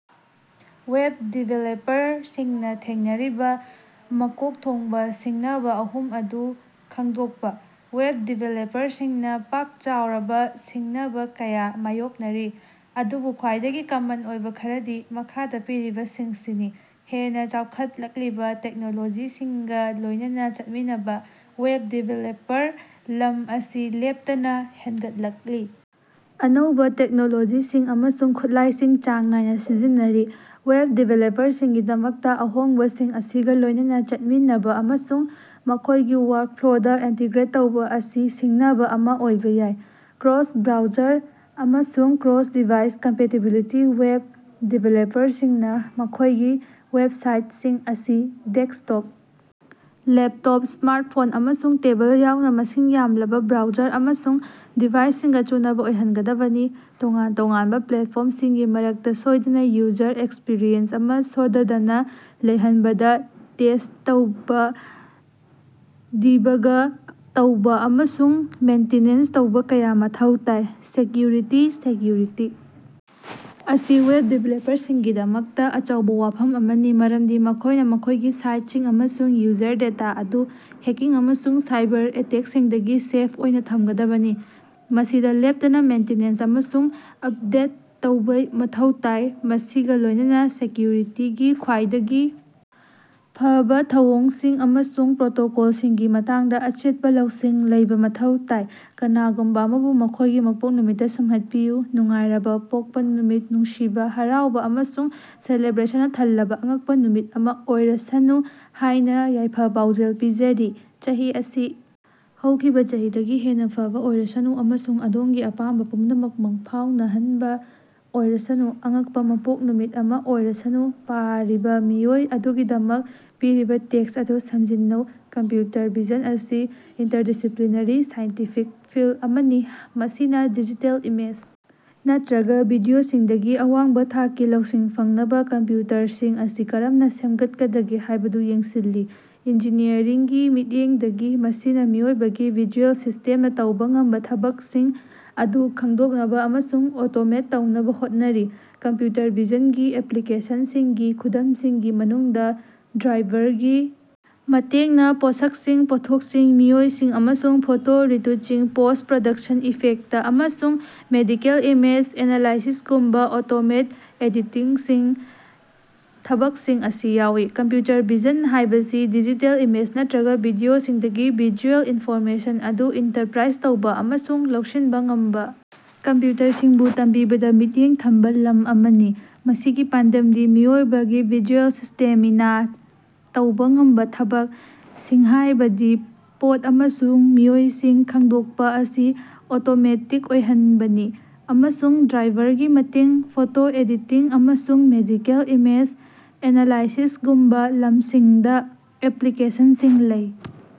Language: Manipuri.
ꯋꯦꯕ ꯗꯤꯚꯦꯂꯞꯄꯔꯁꯤꯡꯅꯥ ꯊꯦꯡꯅꯔꯤꯕꯥ ꯃꯀꯣꯛ ꯊꯣꯡꯕꯥ ꯁꯤꯡꯅꯕꯥ ꯑꯍꯨꯝ ꯑꯗꯨ ꯈꯪꯗꯣꯛꯄꯥ꯫ ꯋꯦꯕ ꯗꯤꯚꯦꯂꯞꯄꯔꯁꯤꯡꯅꯥ ꯄꯥꯛ-ꯆꯥꯎꯔꯕꯥ ꯁꯤꯡꯅꯕꯥ ꯀꯌꯥ ꯃꯥꯌꯣꯛꯅꯔꯤ, ꯑꯗꯨꯕꯨ ꯈ꯭ꯋꯥꯏꯗꯒꯤ ꯀꯃꯟ ꯑꯣꯏꯕꯥ ꯈꯔꯗꯤ ꯃꯈꯥꯗꯥ ꯄꯤꯔꯤꯕꯁꯤꯡꯁꯤꯅꯤ: ꯍꯦꯟꯅꯥ ꯆꯥꯎꯈꯠꯂꯛꯂꯤꯕꯥ ꯇꯦꯛꯅꯣꯂꯣꯖꯤꯁꯤꯡꯒꯥ ꯂꯣꯢꯅꯅꯥ ꯆꯠꯃꯤꯟꯅꯕꯥ: ꯋꯦꯕ ꯗꯤꯚꯦꯂꯞꯄꯔꯒꯤ ꯂꯝ ꯑꯁꯤ ꯂꯦꯞꯇꯅꯥ ꯍꯦꯟꯒꯠꯂꯛꯂꯤ ꯑꯅꯧꯕꯥ ꯇꯦꯛꯅꯣꯂꯣꯖꯤꯁꯤꯡ ꯑꯃꯁꯨꯡ ꯈꯨꯠꯂꯥꯢꯁꯤꯡ ꯆꯥꯡ ꯅꯥꯏꯅꯥ ꯁꯤꯖꯤꯟꯅꯔꯤ꯫ ꯋꯦꯕ ꯗꯤꯕꯦꯂꯞꯄꯔꯁꯤꯡꯒꯤꯗꯃꯛꯇꯥ ꯑꯍꯣꯡꯕꯁꯤꯡ ꯑꯁꯤꯒꯥ ꯂꯣꯢꯅꯅꯥ ꯆꯠꯃꯤꯟꯅꯕꯥ ꯑꯃꯁꯨꯡ ꯃꯈꯣꯢꯒꯤ ꯋꯥꯔꯀꯐ꯭ꯂꯣꯗꯥ ꯏꯟꯇꯤꯒ꯭ꯔꯦꯠ ꯇꯧꯕꯥ ꯑꯁꯤ ꯁꯤꯡꯅꯕꯥ ꯑꯃꯥ ꯑꯣꯏꯕꯥ ꯌꯥꯏ꯫ ꯀ꯭ꯔꯣꯁ-ꯕ꯭ꯔꯥꯎꯖꯔ ꯑꯃꯁꯨꯡ ꯀ꯭ꯔꯣꯁ-ꯗꯤꯚꯥꯏꯁ ꯀꯝꯄꯦꯇꯤꯕꯤꯂꯤꯇꯤ: ꯋꯦꯕ ꯗꯤꯚꯦꯂꯞꯄꯔꯁꯤꯡꯅꯥ ꯃꯈꯣꯢꯒꯤ ꯋꯦꯕꯁꯥꯏꯇꯁꯤꯡ ꯑꯁꯤ ꯗꯦꯛꯁꯇꯣꯞ, ꯂꯦꯞꯇꯣꯞ, ꯁ꯭ꯃꯥꯔꯇꯐꯣꯟ ꯑꯃꯁꯨꯡ ꯇꯦꯕꯜ ꯌꯥꯎꯅꯥ ꯃꯁꯤꯡ ꯌꯥꯝꯂꯕꯥ ꯕ꯭ꯔꯥꯎꯖꯔ ꯑꯃꯁꯨꯡ ꯗꯤꯚꯥꯏꯁꯁꯤꯡꯒꯥ ꯆꯨꯅꯕꯥ ꯑꯣꯏꯍꯟꯒꯗꯕꯅꯤ꯫ ꯇꯣꯉꯥꯟ-ꯇꯣꯉꯥꯟꯕꯥ ꯄ꯭ꯂꯦꯇꯐꯣꯔꯝꯁꯤꯡꯒꯤ ꯃꯔꯛꯇꯥ ꯁꯣꯢꯗꯅꯥ ꯌꯨꯖꯔ ꯑꯦꯛꯁꯄꯤꯔꯤꯑꯦꯟꯁ ꯑꯃꯥ ꯁꯣꯗꯗꯅꯥ ꯂꯩꯍꯟꯕꯗꯥ ꯇꯦꯁ꯭ꯠ ꯇꯧꯕꯥ ꯗꯤꯕꯒ ꯇꯧꯕꯥ ꯑꯃꯁꯨꯡ ꯃꯦꯟꯇꯤꯅꯦꯟꯁ ꯇꯧꯕꯥ ꯀꯌꯥ ꯃꯊꯧ ꯇꯥꯏ꯫ ꯁꯦꯛꯌꯨꯔꯤꯇꯤ: ꯁꯦꯛꯌꯨꯔꯤꯇꯤ ꯑꯁꯤ ꯋꯦꯕ ꯗꯤꯚꯦꯂꯄꯔꯁꯤꯡꯒꯤꯗꯃꯛꯇꯥ ꯑꯆꯧꯕꯥ ꯋꯥꯐꯝ ꯑꯃꯅꯤ ꯃꯔꯝꯗꯤ ꯃꯈꯣꯢꯅꯥ ꯃꯈꯣꯢꯒꯤ ꯁꯥꯏꯠꯁꯤꯡ ꯑꯃꯁꯨꯡ ꯌꯨꯖꯔ ꯗꯦꯇꯥ ꯑꯗꯨ ꯍꯦꯛꯀꯤꯡ ꯑꯃꯁꯨꯡ ꯁꯥꯏꯕꯔ ꯑꯦꯇꯦꯛꯁꯤꯡꯗꯒꯤ ꯁꯦꯐ ꯑꯣꯏꯅꯥ ꯊꯃꯒꯗꯕꯅꯤ꯫ ꯃꯁꯤꯗꯥ ꯂꯦꯞꯇꯅꯥ ꯃꯦꯟꯇꯤꯅꯦꯟꯁ ꯑꯃꯁꯨꯡ ꯎꯞꯗꯦꯠ ꯇꯧꯕꯥ ꯃꯊꯧ ꯇꯥꯏ ꯃꯁꯤꯒꯥ ꯂꯣꯢꯅꯅꯥ ꯁꯦꯛꯀ꯭ꯌꯨꯔꯤꯇꯤꯒꯤ ꯈ꯭ꯋꯥꯏꯗꯒꯤ ꯐꯕꯥ ꯊꯧꯑꯣꯡꯁꯤꯡ ꯑꯃꯁꯨꯡ ꯄ꯭ꯔꯣꯇꯣꯀꯣꯜꯁꯤꯡꯒꯤ ꯃꯇꯥꯡꯗꯥ ꯑꯆꯦꯠꯄꯥ ꯂꯧꯁꯤꯡ ꯂꯩꯕꯥ ꯃꯊꯧ ꯇꯥꯏ꯫ ꯀꯅꯥꯒꯨꯝꯕꯥ ꯑꯃꯕꯨ ꯃꯈꯣꯢꯒꯤ ꯃꯄꯣꯛ ꯅꯨꯃꯤꯠꯇꯥ ꯁꯨꯝꯍꯠꯄꯤꯌꯨ꯫ ꯅꯨꯡꯉꯥꯏꯔꯕ ꯄꯣꯛꯄ ꯅꯨꯃꯤꯠ ꯅꯨꯡꯁꯤꯕꯥ, ꯍꯔꯥꯎꯕꯥ ꯑꯃꯁꯨꯡ ꯁꯦꯂꯦꯕ꯭ꯔꯦꯁꯟꯅꯥ ꯊꯜꯂꯕꯥ ꯑꯉꯛꯄꯥ ꯅꯨꯃꯤꯠ ꯑꯃꯥ ꯑꯣꯏꯔꯁꯅꯨ ꯍꯥꯌꯅꯥ ꯌꯥꯏꯐ-ꯄꯥꯎꯖꯦꯜ ꯄꯤꯖꯔꯤ꯫ ꯆꯍꯤ ꯑꯁꯤ ꯍꯧꯈꯤꯕꯥ ꯆꯍꯤꯗꯒꯤ ꯍꯦꯟꯅꯥ ꯐꯕꯥ ꯑꯣꯏꯔꯁꯅꯨ ꯑꯃꯁꯨꯡ ꯑꯗꯣꯝꯒꯤ ꯑꯄꯥꯝꯕꯥ ꯄꯨꯝꯅꯃꯛ ꯃꯪꯐꯥꯎꯅꯍꯟꯕꯥ ꯑꯣꯏꯔꯁꯅꯨ꯫ ꯑꯉꯛꯄꯥ ꯃꯄꯣꯛ ꯅꯨꯃꯤꯠ ꯑꯃꯥ ꯑꯣꯏꯔꯁꯅꯨ ꯄꯥꯔꯤꯕꯥ ꯃꯤꯑꯣꯏ ꯑꯗꯨꯒꯤꯗꯃꯛ ꯄꯤꯔꯤꯕꯥ ꯇꯦꯛꯁ ꯑꯗꯨ ꯁꯝꯖꯤꯟꯅꯧ꯫ ꯀꯝꯄ꯭ꯌꯨꯇꯔ ꯚꯤꯖꯟ ꯑꯁꯤ ꯏꯟꯇꯔꯗꯤꯁꯤꯄ꯭ꯂꯤꯅꯔꯤ ꯁꯥꯏꯟꯇꯤꯐꯤꯛ ꯐꯤꯜꯗ ꯑꯃꯅꯤ ꯃꯁꯤꯅꯥ ꯗꯤꯖꯤꯇꯦꯜ ꯏꯃꯦꯖ ꯅꯠꯇ꯭ꯔꯒꯥ ꯚꯤꯗꯤꯑꯣꯁꯤꯡꯗꯒꯤ ꯑꯋꯥꯡꯕꯥ ꯊꯥꯛꯀꯤ ꯂꯧꯁꯤꯡ ꯐꯪꯅꯕꯥ ꯀꯝꯄ꯭ꯌꯨꯇꯔꯁꯤꯡ ꯑꯁꯤ ꯀꯔꯝꯅꯥ ꯁꯦꯃꯒꯠꯀꯗꯒꯦ ꯍꯥꯢꯕꯗꯨ ꯌꯦꯡꯁꯤꯜꯂꯤ꯫ ꯏꯟꯖꯤꯅꯤꯌꯔꯤꯡꯒꯤ ꯃꯤꯠꯌꯦꯡꯗꯒꯤ ꯃꯁꯤꯅꯥ ꯃꯤꯑꯣꯏꯕꯒꯤ ꯚꯤꯖꯨꯑꯦꯜ ꯁꯤꯁꯇꯦꯝꯅꯥ ꯇꯧꯕꯥ ꯉꯝꯕꯥ ꯊꯕꯛꯁꯤꯡ ꯑꯗꯨ ꯈꯪꯗꯣꯛꯅꯕꯥ ꯑꯃꯁꯨꯡ ꯑꯣꯇꯣꯃꯦꯠ ꯇꯧꯅꯕꯥ ꯍꯣꯠꯅꯔꯤ꯫ ꯀꯝꯄ꯭ꯌꯨꯇꯔ ꯚꯤꯖꯟꯒꯤ ꯑꯦꯄ꯭ꯂꯤꯀꯦꯁꯅꯁꯤꯡꯒꯤ ꯈꯨꯗꯝꯁꯤꯡꯒꯤ ꯃꯅꯨꯡꯗꯥ ꯗ꯭ꯔꯥꯏꯚꯔꯒꯤ ꯃꯇꯦꯡꯅꯥ ꯄꯣꯠꯁꯛꯁꯤꯡ, ꯄꯣꯠꯊꯣꯛꯁꯤꯡ, ꯃꯤꯑꯣꯏꯁꯤꯡ ꯑꯃꯁꯨꯡ ꯐꯣꯇꯣ ꯔꯤꯇꯨꯆꯤꯡ, ꯄꯣꯁ꯭ꯠ-ꯄ꯭ꯔꯗꯛꯁꯟ ꯏꯐꯦꯛꯇ ꯑꯃꯁꯨꯡ ꯃꯦꯗꯤꯀꯦꯜ ꯏꯃꯦꯖ ꯑꯦꯅꯥꯂꯥꯏꯁꯤꯁꯒꯨꯝꯕꯥ ꯑꯣꯇꯣꯃꯦꯇꯦꯗ ꯑꯦꯗꯤꯇꯤꯡꯒꯤ ꯊꯕꯛꯁꯤꯡ ꯑꯁꯤ ꯌꯥꯎꯏ꯫ ꯀꯝꯄ꯭ꯌꯨꯇꯔ ꯚꯤꯖꯟ ꯍꯥꯢꯕꯁꯤ ꯗꯤꯖꯤꯇꯦꯜ ꯏꯃꯦꯖ ꯅꯠꯇ꯭ꯔꯒꯥ ꯚꯤꯗꯤꯑꯣꯁꯤꯡꯗꯒꯤ ꯚꯤꯖꯨꯑꯦꯜ ꯏꯟꯐꯣꯔꯃꯦꯁꯟ ꯑꯗꯨ ꯏꯟꯇꯔꯄ꯭ꯔꯥꯏꯖ ꯇꯧꯕꯥ ꯑꯃꯁꯨꯡ ꯂꯧꯁꯤꯟꯕꯥ ꯉꯝꯕꯥ ꯀꯝꯄ꯭ꯌꯨꯇꯔꯁꯤꯡꯕꯨ ꯇꯝꯕꯤꯕꯗꯥ ꯃꯤꯠꯌꯦꯡ ꯊꯝꯕꯥ ꯂꯝ ꯑꯃꯅꯤ꯫ ꯃꯁꯤꯒꯤ ꯄꯥꯟꯗꯝꯗꯤ ꯃꯤꯑꯣꯏꯕꯒꯤ ꯚꯤꯖꯨꯑꯦꯜ ꯁꯤꯁ꯭ꯇꯦꯃꯅꯥ ꯇꯧꯕꯥ ꯉꯝꯕꯥ ꯊꯕꯛ꯫ꯁꯤꯡꯍꯥꯢꯕꯗꯤ ꯄꯣꯠ ꯑꯃꯁꯨꯡ ꯃꯤꯑꯣꯏꯁꯤꯡ ꯈꯪꯗꯣꯀꯄꯥ ꯑꯁꯤ ꯑꯣꯇꯣꯃꯦꯇꯤꯛ ꯑꯣꯏꯍꯟꯕꯅꯤ ꯑꯃꯁꯨꯡ ꯗ꯭ꯔꯥꯏꯚꯔꯒꯤ ꯃꯇꯦꯡ, ꯐꯣꯇꯣ ꯑꯦꯗꯤꯇꯤꯡ, ꯑꯃꯁꯨꯡ ꯃꯦꯗꯤꯀꯦꯜ ꯏꯃꯦꯖ ꯑꯦꯅꯥꯂꯥꯏꯁꯤꯁꯒꯨꯝꯕꯥ ꯂꯝꯁꯤꯡꯗꯥ ꯑꯦꯄ꯭ꯂꯤꯀꯦꯁꯟꯁꯤꯡ ꯂꯩ꯫